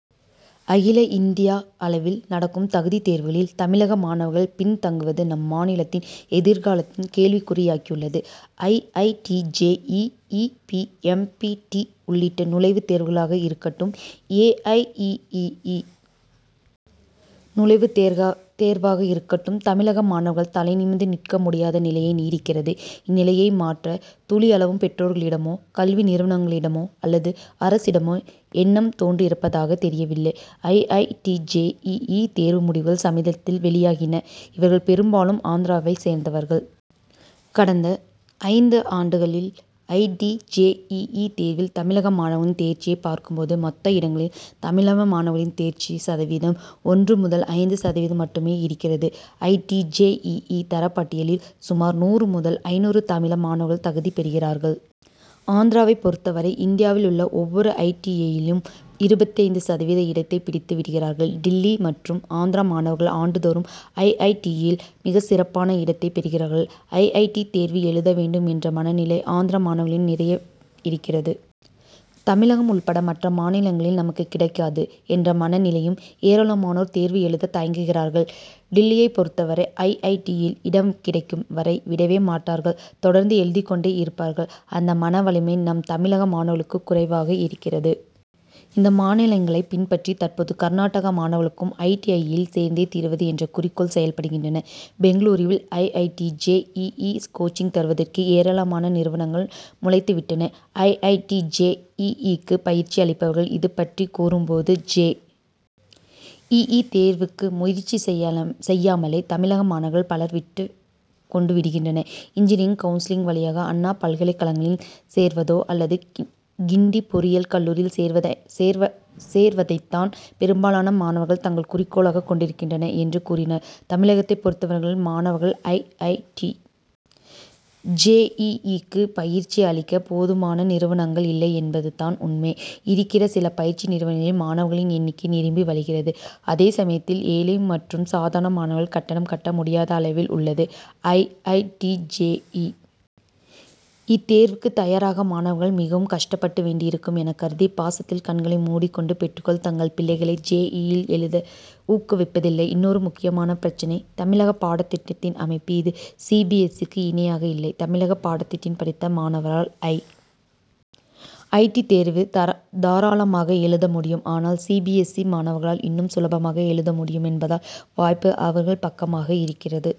அகில இந்திய அளவில் நடக்கும் தகுதித் தேர்வுகளில், தமிழக மாணவர்கள் பின் தங்குவது, நம் மாநிலத்தின் எதிர்காலத்தை கேள்விக்குறியாக்கியுள்ளது. I. I. T. J. E. E., P. M. P. T., உள்ளிட்ட நுழைவுத் தேர்வுகளாக இருக்கட்டும், ஏ. ஐ. இ. இ. இ., நுழைவுத் தேர்வாக இருக்கட்டும், தமிழக மாணவர்கள் தலைநிமிர்ந்து நிற்க முடியாத நிலையை நீடிக்கிறது. இந்நிலையை மாற்ற, துளி அளவும் பெற்றோர்களிடமோ, கல்வி நிறுவனங்களிடமோ அல்லது அரசிடமோ எண்ணம் தோன்றியிருப்பதாக தெரியவில்லை. I. I. T., J. E. E., தேர்வு முடிவுகள் சமீபத்தில் வெளியாகின. இவர்களில் பெரும்பாலும் ஆந்திராவைச் சேர்ந்தவர்கள். கடந்த ஆண்டுகளில் I. T. J. E. E., தேர்வில் தமிழக மாணவர்களின் தேர்ச்சியைப் பார்க்கும் போது, மொத்த இடங்களில் தமிழக மாணவர்களின் தேர்ச்சி சதவீதம் ஒன்று முதல் ஐந்து சதவீதம் மட்டுமேஇருக்கிறது. I. T. J. E. E., தரப்பட்டியலில் சுமார் நூறு முதல் ஐந்நூறு தமிழக மாணவர்களே தகுதி பெறுகிறார்கள். ஆந்திராவைப் பொறுத்தவரை இந்தியாவில் உள்ள ஒவ்வொரு ஐ. ஐ. டி.,யிலும் இருபத்தைந்து சதவீத இடத்தைப் பிடித்து விடுகிறார்கள். டில்லி மற்றும் ஆந்திரா மாணவர்கள் ஆண்டுதோறும் ஐ. ஐ. டி.,யில் மிகச்சிறப்பான இடத்தைப் பெறுகிறார்கள். ஐ. ஐ. டி., தேர்வு எழுத வேண்டும் என்ற மனநிலை ஆந்திர மாணவர்களிடம் நிறைய இருக்கிறது. தமிழகம் உள்பட மற்ற மாநிலங்களில், நமக்குக் கிடைக்காது' என்ற மனநிலையில் ஏராளமானோர் தேர்வு எழுதத் தயங்குகிறார்கள். டில்லியைப் பொறுத்தவரை, ஐ. ஐ. டி.,யில் இடம் கிடைக்கும் வரை, விடவே மாட்டார்கள். தொடர்ந்து எழுதிக் கொண்டே இருப்பார்கள். அந்த மனவலிமை நம் தமிழக மாணவர்களுக்கு குறைவாக இருக்கிறது. இம்மாநிலங்களைப் பின்பற்றி தற்போது கர்நாடக மாணவர்களும், ஐ. ஐ. டி.,யில் சேர்ந்தே தீருவது என்ற குறிக்கோளில் செயல்படுகின்றனர். பெங்களூருவில் I. I. T. J. E. E., coaching தருவதற்கு ஏராளமான நிறுவனங்கள் முளைத்துவிட்டன. I. I. T. J. E. இ.,க்கு பயிற்சி அளிப்பவர்கள் இது பற்றி கூறும் போது, ஜே. இ. இ., தேர்வுக்கு முயற்சி செய்யாமலேயே தமிழக மாணவர்கள் பலர் விட்டுக் கொடுத்துவிடுகின்றனர். இன்ஜினியரிங் கவுன்சிலிங் வழியாக அண்ணா பல்கலைக்கழகங்களில் சேர்வதோ அல்லது கிண்டி பொறியியல் கல்லூரியில்சேர்வதைத்தான் பெரும்பாலான மாணவர்கள் தங்கள் குறிக்கோளாகக் கொண்டிருக்கின்றனர் என்று கூறினார். தமிழகத்தைப் பொறுத்தவரை மாணவர்களுக்கு I. I. T. J. E. இ.,க்கு பயிற்சி அளிக்க போதுமான றுவனங்கள் இல்லை என்பதுதான் உண்மை. இருக்கிற சில பயிற்சி நிறுவனங்களில் மாணவர்கள் எண்ணிக்கை நிரம்பி வழிகிறது. அதே சமயத்தில், ஏழை மற்றும்சாதாரண மாணவர்கள் கட்டணம் கட்ட முடியாத அளவில் உள்ளது. I. I. T. J. E. இ.,தேர்வுக்கு தயாராக மாணவர்கள் மிகவும் கஷ்டப்பட வேண்டியிருக்கும் எனக் கருதி பாசத்தில் கண்களை மூடிக்கொண்டு பெற்றோர்கள், தங்கள் பிள்ளைகளை ஜே. இ. இ., எழுத ஊக்குவிப்பதில்லை. இன்னொரு முக்கியமான பிரச்னை, தமிழக பாடத்திட்டத்தின் அமைப்பு. இது சி. பி. எஸ். இ.,க்கு இணையாக இல்லை. தமிழக பாடத்திட்டத்தில் படித்த மாணவரால் ஐ. ஐ. டி., தேர்வு தாராளமாக எழுத முடியும். ஆனால், சி. பி. எஸ். இ., மாணவரால் இன்னும் சுலபமாக எழுத முடியும் என்பதால் வாய்ப்பு அவர்கள் பக்கமாக இருக்கிறது.